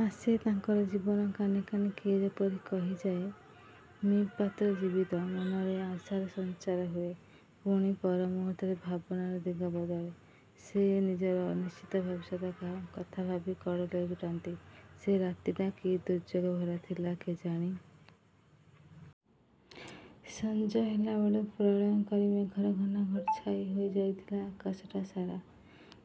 ଆସେ। ତାଙ୍କର ଜୀବନ କାନେ କାନେ କିଏ ଯେପରି କହିଯାଏ, 'ମି: ପାତ୍ର ଜୀବିତ'-। ମନରେ ଆଶାର ସଞ୍ଚାର ହୁଏ। ପୁଣି ପର ମୁହୂର୍ତ୍ତରେ ଭାବନାର ଦିଗ ବଦଳେ। ସେ ନିଜର ଅନିଶ୍ଚିତ ଭବିଷ୍ୟତ କଥା ଭାବି କଡ଼ ଲେଉଟାନ୍ତି। ସେ ରାତିଟା କି ଦୁର୍ଯ୍ୟୋଗ ଭରା ଥିଲା କେଜାଣି। ସଞ୍ଜ ହେଲାବେଳୁ ପ୍ରଳୟଙ୍କରୀ ମେଘର ଘନଘଟା ଛାଇ ହୋଇ ଯାଇଥିଲା ଆକାଶଟା ସାରା।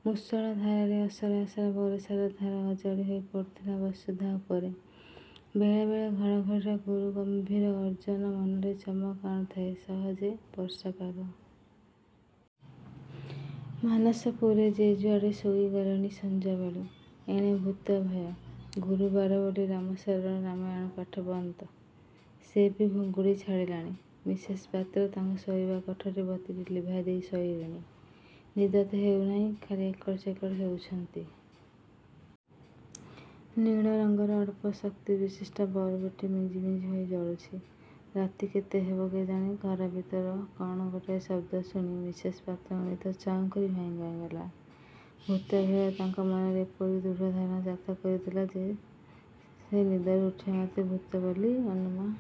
ମୂଷଳ ଧାରାରେ ଅସରା ଅସରା ବରଷାର ଧାର ଅଜାଡ଼ି ହୋଇ ପଡ଼ୁଥିଲା ବସୁଧା ଉପରେ। ବେଳେ ବେଳେ ଘଡ଼ଘଡ଼ିର ଗୁରୁ ଗମ୍ଭୀର ଗର୍ଜନ ମନରେ ଚମକ ଆଣୁଥାଏ। ସହଜେ ବର୍ଷା ପାଗ। ମାନସପୁରୀରେ ଯେ ଯୁଆଡ଼େ ଶୋଇ ଗଲେଣି ସଞ୍ଜ ବେଳୁ। ଏଣେ ଭୂତ ଭୟ। ଗୁରୁବାର ବୋଲି ରାମଶରଣର ରାମାୟଣ ପାଠ ବନ୍ଦ। ସେ ବି ଘୁଙ୍ଗୁଡ଼ି ଛାଡ଼ିଲାଣି। ମିସେସ୍ ପାତ୍ର ତାଙ୍କ ଶୋଇବା କୋଠରୀରେ ବତୀଟି ଲିଭାଇଦେଇ ଶୋଇଲେଣି। ନିଦ ତ ହେଉନାହିଁ, ଖାଲି ଏକଡ଼ ସେକଡ଼ ହେଉଛନ୍ତି। ନୀଳ ରଙ୍ଗର ଅଳ୍ପ ଶକ୍ତିବିଶିଷ୍ଟ ବଲବ୍ଟି ମିଞ୍ଜି ମିଞ୍ଜି ହୋଇ ଜଳୁଛି। ରାତି କେତେ ହେବ କେଜାଣି ଘର ଭିତର କ'ଣ ଗୋଟାଏ ଶବ୍ଦ ଶୁଣି ମିସେସ୍ ପାତ୍ରଙ୍କ ନିଦ ଚାଉଁକରି ଭାଙ୍ଗିଗଲା। ଭୂତ ଭୟ ତାଙ୍କ ମନରେ ଏପରି ଦୃଢ଼ ଧାରଣା ଜାତ କରିଥିଲା ଯେ ସେ ନିଦରୁ ଉଠିବା ମାତ୍ରେ ଭୂତ ବୋଲି ଅନୁମାନ କରିନେଲେ।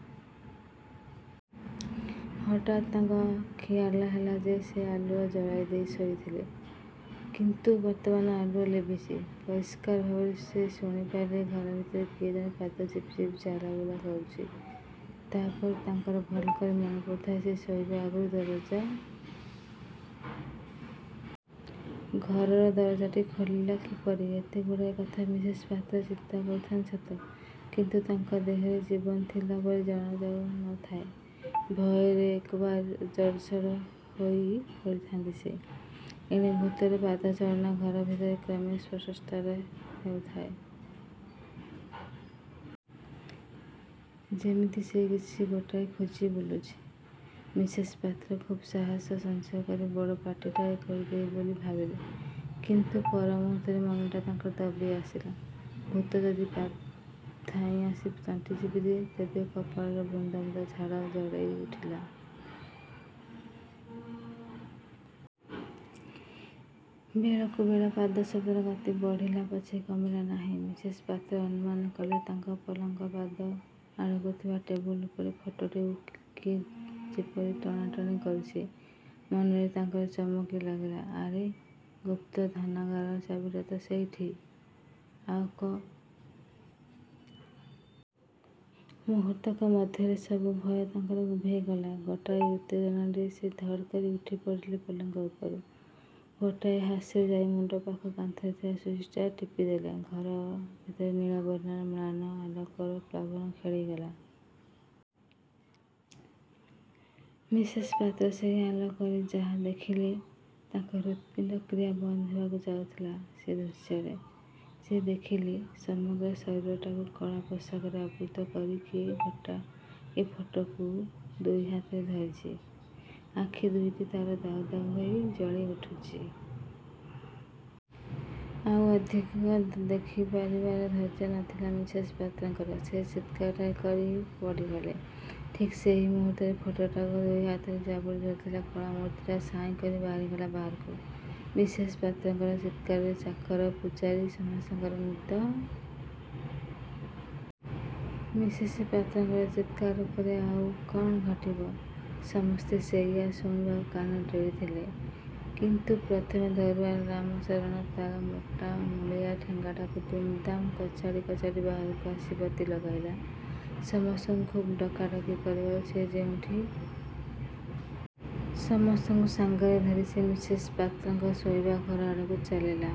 ହଠାତ୍ ତାଙ୍କର ଖିଆଲ ହେଲା ଯେ ସେ ଆଲୁଅ ଜଳାଇଦେଇ ଶୋଇଥିଲେ; କିନ୍ତୁ ବର୍ତ୍ତମାନ ଆଲୁଅ ଲିଭିଛି। ପରିଷ୍କାର ଭାବରେ ସେ ଶୁଣି ପାରିଲେ-ଘର ଭିତରେ କିଏ ଜଣେ ପାଦ ଚିପି ଚିପି ଚାଲ ବୁଲ କରୁଛି। ତା'ପରେ ତାଙ୍କର ଭଲକରି ମନେପଡ଼ୁଥାଏ, ସେ ଶୋଇବା ଆଗରୁ ଦରଜା ବନ୍ଦକରି ଶୋଇଥିଲେ। ଘରର ଦରଜାଟି ଖୋଲିଲା କିପରି? ଏତେ ଗୁଡ଼ାଏ କଥା ମିସେସ୍ ପାତ୍ର ଚିନ୍ତା କରୁଥାନ୍ତି ସତ; କିନ୍ତୁ ତାଙ୍କ ଦେହରେ ଜୀବନ ଥିଲା ପରି ଜଣାଯାଉ ନ ଥାଏ। ଭୟରେ ଏକବାରେ ଜଡ଼ସଡ଼ ହୋଇ ପଡ଼ିଥାନ୍ତି ସେ। ଏଣେ ଭୂତର ପାଦ ଚାଳନା ଘର ଭିତରେ କ୍ରମେ ସ୍ପଷ୍ଟତର ହେଉଥାଏ। ଯେମିତି ସେ କିଛି ଗୋଟାଏ ଖୋଜି ବୁଲୁଛି। ମିସେସ୍ ପାତ୍ର ଖୁବ୍ ସାହସ ସଞ୍ଚୟ କରି ବଡ଼ ପାଟିଟାଏ କରିଦେବେ ବୋଲି ଭାବିଲେ, କିନ୍ତୁ ପର ମୁହୂର୍ତ୍ତରେ ମନଟା ତାଙ୍କର ଦବି ଆସିଲା। ଭୂତ ଯଦି ଧାଇଁ ଆସି ତଣ୍ଟି ଚିପିଦିଏ, ତେବେ! କପାଳରେ ବୁନ୍ଦା ବୁନ୍ଦା ଝାଳ ଜଳେଇ ଉଠିଲା, ପାଗଟା ଖୁବ୍ ଥଣ୍ଡାଥିଲା ଯଦିଓ। ବେଳକୁବେଳ ପାଦ ଶବ୍ଦର ଗତି ବଢ଼ିଲା ପଛେ କମିଲା ନାହିଁ। ମିସେସ୍ ପାତ୍ର ଅନୁମାନକଲେ ତାଙ୍କ ପଲଙ୍କର ପାଦ ଆଡ଼କୁ ଥିବା ଟେବୁଲ ଉପର ଫଟୋଟାକୁ କିଏ ଯେପରି ଟଣା ଟଣି କରୁଛି। ମନରେ ତାଙ୍କର ଚମକ ଲାଗିଲା-'ଆରେ ଗୁପ୍ତ ଧନାଗାରର ଚାବିଟା ତ ସେଇଠି; ଆଉ କ'ଣ କେହି? ' ମୁହୂର୍ତ୍ତକ ମଧ୍ୟରେ ସବୁ ଭୟ ତାଙ୍କର ଉଭେଇ ଗଲା। ଗୋଟାଏ ଉତ୍ତେଜନାରେ ସେ ଧଡ଼୍ କରି ଉଠି ପଡ଼ିଲେ ପଲଙ୍କ ଉପରୁ। ଗୋଟାଏ ହୋସ୍ରେ ଯାଇ ମୁଣ୍ଡ ପାଖ କାନ୍ଥରେ ଥିବା ସୁଇଚ୍ଟା ଟିପିଦେଲେ। ଘର ଭିତରେ ନୀଳ ବର୍ଣ୍ଣର ମ୍ଳାନ ଆଲୋକର ପ୍ଲାବନ ଖେଳିଗଲା। ମିସେସ୍ ପାତ୍ର ସେଇ ଆଲୋକରେ ଯାହା ଦେଖିଲେ, ତାଙ୍କର ହୃତ୍ପିଣ୍ଡ କ୍ରିୟା ବନ୍ଦ ହେବାକୁ ଯାଉଥିଲା ସେ ଦୃଶ୍ୟରେ। ସେ ଦେଖିଲେ-ସମଗ୍ର ଶରୀରଟାକୁ କଳା ପୋଷାକରେ ଆବୃତ କରି କିଏ ଗୋଟାଏ ଫଟୋଟାକୁ ଦୁଇ ହାତରେ ଧରିଛି; ଆଖି ଦୁଇଟା ତା'ର ଦାଉ ଦାଉ ହୋଇ ଜଳି ଉଠୁଛି ଯେପରି। ଆଉ ଅଧିକ ଦେଖି ପାରିବାର ଧୈର୍ଯ୍ୟ ନଥିଲା ମିସେସ୍ ପାତ୍ରଙ୍କର। ସେ ଚିତ୍କାରଟାଏ କରି ପଡ଼ିଗଲେ। ଠିକ୍ ସେଇ ମୁହୂର୍ତ୍ତରେ ଫଟୋଟାକୁ ଦୁଇ ହାତରେ ଜାବୁଡ଼ି ଧରି କଳା ମୂର୍ତ୍ତିଟା ସାଇଁକରି ବାହାରିଗଲା ବାହାରକୁ। ମିସେସ୍ ପାତ୍ରଙ୍କର ଚିତ୍କାରରେ ଚାକର, ପୁଝାରୀ, ସମସ୍ତଙ୍କର ନିଦ ଅବଶ୍ୟ ଭାଙ୍ଗିଥିଲା; କିନ୍ତୁ ସାହସ କରି କେହି ପଦାକୁ ବାହାରୁ ନ ଥିଲେ। ମିସେସ୍ ପାତ୍ରଙ୍କର ଚିତ୍କାର ପରେ ଆଉ କ'ଣ ଘଟିବ, ସମସ୍ତେ ସେଇୟା ଶୁଣିବାକୁ କାନ ଡେରିଥିଲେ; କିନ୍ତୁ ପ୍ରଥମେ ଦରଓ୍ୱାନ୍ ରମଶରଣ ତା'ର ମୋଟା ମୂଳିଆ ଠେଙ୍ଗାଟାକୁ ଦୁମ୍ ଦାମ୍ କଚାଡ଼ି କଚାଡ଼ି ବାହାରକୁ ଆସି ବତୀ ଲଗାଇଲା। ସମସ୍ତଙ୍କୁ ଖୁବ୍ ଡକାଡକି କରିବାରୁ ଯେ ଯେଉଁଠି ଥିଲେ ଉଠିଆସି ତା' ପାଖରେ ପହଞ୍ଚିଲେ। ସମସ୍ତଙ୍କୁ ସାଙ୍ଗରେ ଧରି ସେ ମିସେସ୍ ପାତ୍ରଙ୍କ ଶୋଇବା ଘର ଆଡ଼କୁ ଚାଲିଲା।